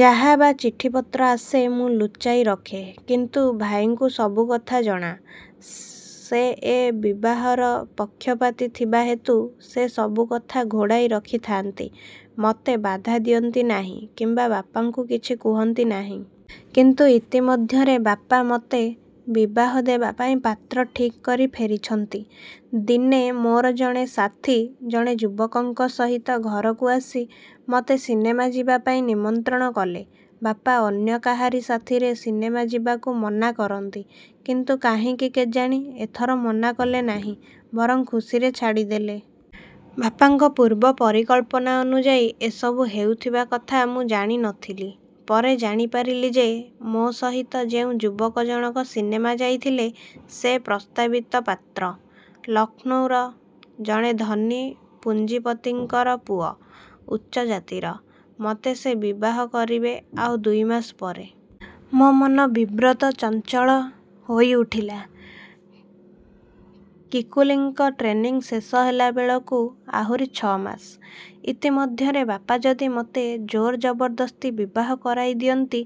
ଯାହା ବା ଚିଠିପତ୍ର ଆସେ ମୁଁ ଲୁଚାଇ ରଖେ। କିନ୍ତୁ ଭାଇଙ୍କୁ ସବୁ କଥା ଜଣା। ସେ ଏ ବିବାହର ପକ୍ଷପାତି ଥିବା ହେତୁ ସେ ସବୁ କଥା ଘୋଡ଼େଇ ରଖି ଥାଆନ୍ତି। ମତେ ବାଧା ଦିଅନ୍ତି ନାହିଁ କିମ୍ବା ବାପାଙ୍କୁ କିଛି କୁହନ୍ତି ନାହିଁ। କିନ୍ତୁ ଇତିମଧ୍ୟରେ ବାପା ମତେ ବିବାହ ଦେବାପାଇଁ ପାତ୍ର ଠିକ୍ କରି ଫେରିଛନ୍ତି। ଦିନେ ମୋର ଜଣେ ସାଥି ଜଣେ ଯୁବକଙ୍କ ସହିତ ଘରକୁ ଆସି ମତେ ସିନେମା ଯିବାପାଇଁ ନିମନ୍ତ୍ରଣ କଲେ। ବାପା ଅନ୍ୟ କାହାରି ସାଥିରେ ସିନେମା ଯିବାକୁ ମନା କରନ୍ତି। କିନ୍ତୁ କାହିଁକି କେଜାଣି ଏଥର ମନା କଲେ ନାହିଁ, ବରଂ ଖୁସିରେ ଛାଡ଼ିଦେଲେ। ବାପାଙ୍କ ପୂର୍ବ ପରିକଳ୍ପନା ଅନୁଯାୟୀ ଏସବୁ ହେଉଥିବା କଥା ମୁଁ ଜାଣି ନ ଥିଲି। ପରେ ଜାଣିପାରିଲି ଯେ, ମୋ ସହିତ ଯେଉଁ ଯୁବକ ଜଣକ ସିନେମା ଯାଇଥିଲେ ସେ ପ୍ରସ୍ତାବିତ ପାତ୍ର। ଲକ୍ଷ୍ନୌର ଜଣେ ଧନୀ ପୁଞ୍ଜିପତିଙ୍କର ପୁଅ। ଉଚ୍ଚ ଜାତିର। ମତେ ସେ ବିବାହ କରିବେ ଆଉ ଦୁଇ ମାସ ପରେ। ମୋ ମନ ବିବ୍ରତ, ଚଞ୍ଚଳ ହୋଇ ଉଠିଲା। କିକୁଲିଙ୍କ ଟ୍ରେନିଂ ଶେଷ ହେଲା ବେଳକୁ ଆହୁରି ଛ'ମାସ। ଇତିମଧ୍ୟରେ ବାପା ଯଦି ମତେ ଜୋର ଜବରଦସ୍ତି ବିବାହ କରାଇ ଦିଅନ୍ତି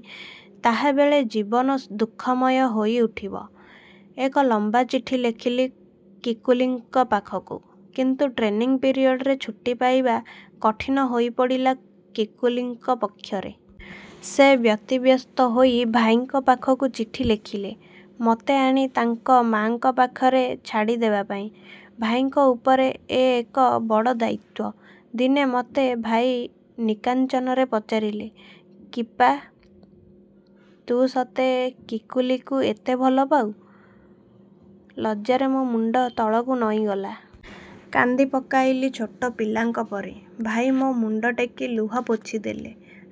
ତାହାବେଳେ ଜୀବନ ଦୁଃଖମୟ ହୋଇ ଉଠିବ। ଏକ ଲମ୍ୱା ଚିଠି ଲେଖିଲି କିକୁଲିଙ୍କ ପାଖକୁ କିନ୍ତୁ ଟ୍ରେନିଂ ପିରିଅଡ଼ରେ ଛୁଟି ପାଇବା କଠିନ ହୋଇ ପଡ଼ିଲା କିକୁଲିଙ୍କ ପକ୍ଷରେ। ସେ ବ୍ୟତିବ୍ୟସ୍ତ ହୋଇ ଭାଇଙ୍କ ପାଖକୁ ଚିଠି ଲେଖିଲେ ମତେ ଆଣି ତାଙ୍କ ମା'ଙ୍କ ପାଖରେ ଛାଡ଼ି ଦେବାପାଇଁ। ଭାଇଙ୍କ ଉପରେ ଏ ଏକ ବଡ଼ ଦାୟିତ୍ୱ। ଦିନେ ମତେ ଭାଇ ନିକାଞ୍ଚନରେ ପଚାରିଲେ, କିପା, ତୁ ସତେ କିକୁଲିକୁ ଏତେ ଭଲପାଉ? ଲଜ୍ଜାରେ ମୋ ମୁଣ୍ଡ ତଳକୁ ନଇଁଗଲା। କାନ୍ଦି ପକାଇଲି ଛୋଟ ପିଲାଙ୍କ ପରି। ଭାଇ ମୋ ମୁଣ୍ଡ ଟେକି ଲୁହ ପୋଛି ଦେଲେ।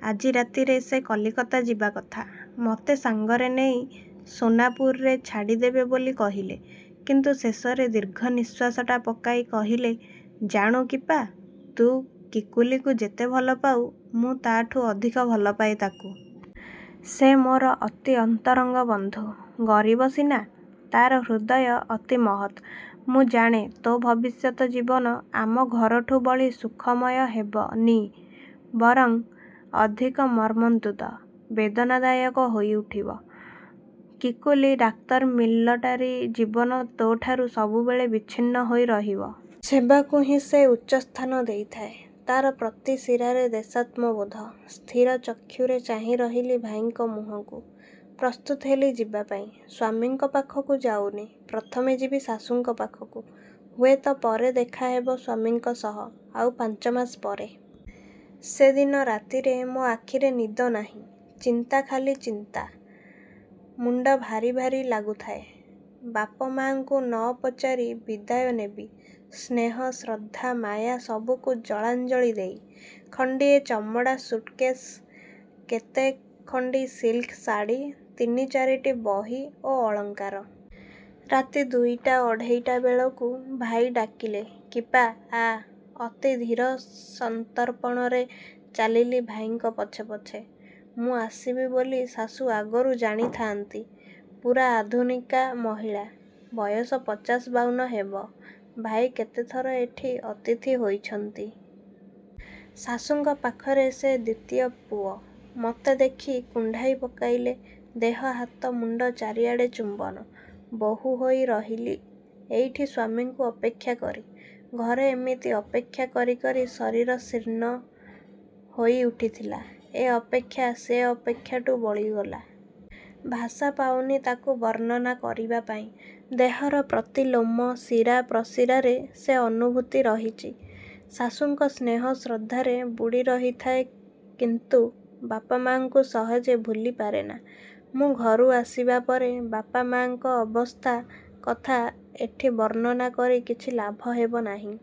ଆଜି ରାତିରେ ସେ କଲିକତା ଯିବା କଥା। ମତେ ସାଙ୍ଗରେ ନେଇ ସୋନାପୁରରେ ଛାଡ଼ିଦେବେ ବୋଲି କହିଲେ। କିନ୍ତୁ ଶେଷରେ ଦୀର୍ଘ ନିଃଶ୍ୱାସଟା ପକାଇ କହିଲେ ଜାଣୁ କିପା, ତୁ କିକୁଲିକୁ ଯେତେ ଭଲପାଉ ମୁଁ ତାଠୁ ଅଧିକ ଭଲପାଏ ତାକୁ। ସେ ମୋର ଅତି ଅନ୍ତରଙ୍ଗ ବନ୍ଧୁ। ଗରିବ ସିନା। ତାର ହୃଦୟ ଅତି ମହତ୍। ମୁଁ ଜାଣେ ତୋ ଭବିଷ୍ୟତ ଜୀବନ ଆମ ଘରଠୁ ବଳି ସୁଖମୟ ହେବ ନି ବରଂ ଅଧିକ ମର୍ମନ୍ତୁଦ, ବେଦନାଦାୟକ ହୋଇଉଠିବ। କିକୁଲି ଡାକ୍ତର ମିଲଟାରୀ ଜୀବନ ତୋଠାରୁ ସବୁବେଳେ ବିଚ୍ଛିନ୍ନ ହୋଇ ରହିବ। ସେବାକୁ ହିଁ ସେ ଉଚ୍ଚସ୍ଥାନ ଦେଇଥାଏ। ତାର ପ୍ରତି ଶିରାରେ ଦେଶାତ୍ମବୋଧ। ସ୍ଥିର ଚକ୍ଷୁରେ ଚାହିଁ ରହିଲି ଭାଇଙ୍କ ମୁହଁକୁ। ପ୍ରସ୍ତୁତ ହେଲି ଯିବାପାଇଁ ସ୍ୱାମୀଙ୍କ ପାଖକୁ ଯାଉନି, ପ୍ରଥମେ ଯିବି ଶାଶୁଙ୍କ ପାଖକୁ। ହୁଏତ ପରେ ଦେଖା ହେବ ସ୍ୱାମୀଙ୍କ ସହ ଆଉ ପାଞ୍ଚ ମାସ ପରେ। ସେଦିନ ରାତିରେ ମୋ ଆଖିରେ ନିଦ ନାହିଁ। ଚିନ୍ତା ଖାଲି ଚିନ୍ତା। ମୁଣ୍ଡ ଭାରି ଭାରି ଲାଗୁଥାଏ। ବାପମାଆଙ୍କୁ ନ ପଚାରି ବିଦାୟ ନେବି ସ୍ନେହ, ଶ୍ରଦ୍ଧା, ମାୟା ସବୁକୁ ଜଳାଞ୍ଜଳି ଦେଇ। ଖଣ୍ଡିଏ ଚମଡ଼ା ସୁଟକେଶ୍, କେତେ ଖଣ୍ଡି ସିଲ୍କ ଶାଢ଼ି, ତିନି ଚାରିଟି ବହି ଓ ଅଳଙ୍କାର। ରାତି ଦୁଇଟା ଅଢ଼େଇଟା ବେଳକୁ ଭାଇ ଡାକିଲେ କିପା ଆ। ଅତି ଧୀର ସଂତର୍ପଣରେ ଚାଲିଲି ଭାଇଙ୍କ ପଛେ ପଛେ। ମୁଁ ଆସିବି ବୋଲି ଶାଶୁ ଆଗରୁ ଜାଣି ଥାଆନ୍ତି। ପୁରା ଆଧୁନିକା ମହିଳା। ବୟସ ପଚାଶ ବାଉନ ହେବ। ଭାଇ କେତେଥର ଏଠି ଅତିଥି ହୋଇଛନ୍ତି। ଶାଶୁଙ୍କ ପାଖରେ ସେ ଦ୍ୱିତୀୟ ପୁଅ। ମତେ ଦେଖି କୁଣ୍ଢାଇ ପକାଇଲେ ଦେହ, ହାତ, ମୁଣ୍ଡ ଚାରିଆଡ଼େ ଚୁମ୍ବନ। ବୋହୂ ହୋଇ ରହିଲି ଏଇଠି ସ୍ୱାମୀଙ୍କୁ ଅପେକ୍ଷା କରି। ଘରେ ଏମିତି ଅପେକ୍ଷା କରି କରି ଶରୀର ଶୀର୍ଣ୍ଣ ହୋଇ ଉଠିଥିଲା। ଏ ଅପେକ୍ଷା ସେ ଅପେକ୍ଷାଠୁ ବଳିଗଲା। ଭାଷା ପାଉନି ତାକୁ ବର୍ଣ୍ଣନା କରିବା ପାଇଁ। ଦେହର ପ୍ରତି ଲୋମ ଶିରା ପ୍ରଶିରାରେ ସେ ଅନୁଭୂତି ରହିଚି। ଶାଶୁଙ୍କ ସ୍ନେହ ଶ୍ରଦ୍ଧାରେ ବୁଡ଼ି ରହିଥାଏ କିନ୍ତୁ ବାପାମାଆଙ୍କୁ ସହଜେ ଭୁଲି ପାରେନା। ମୁଁ ଘରୁ ଆସିବା ପରେ ବାପାମାଆଙ୍କ ଅବସ୍ଥା କଥା ଏଠି ବର୍ଣ୍ଣନା କରି କିଛି ଲାଭ ହେବ ନାହିଁ।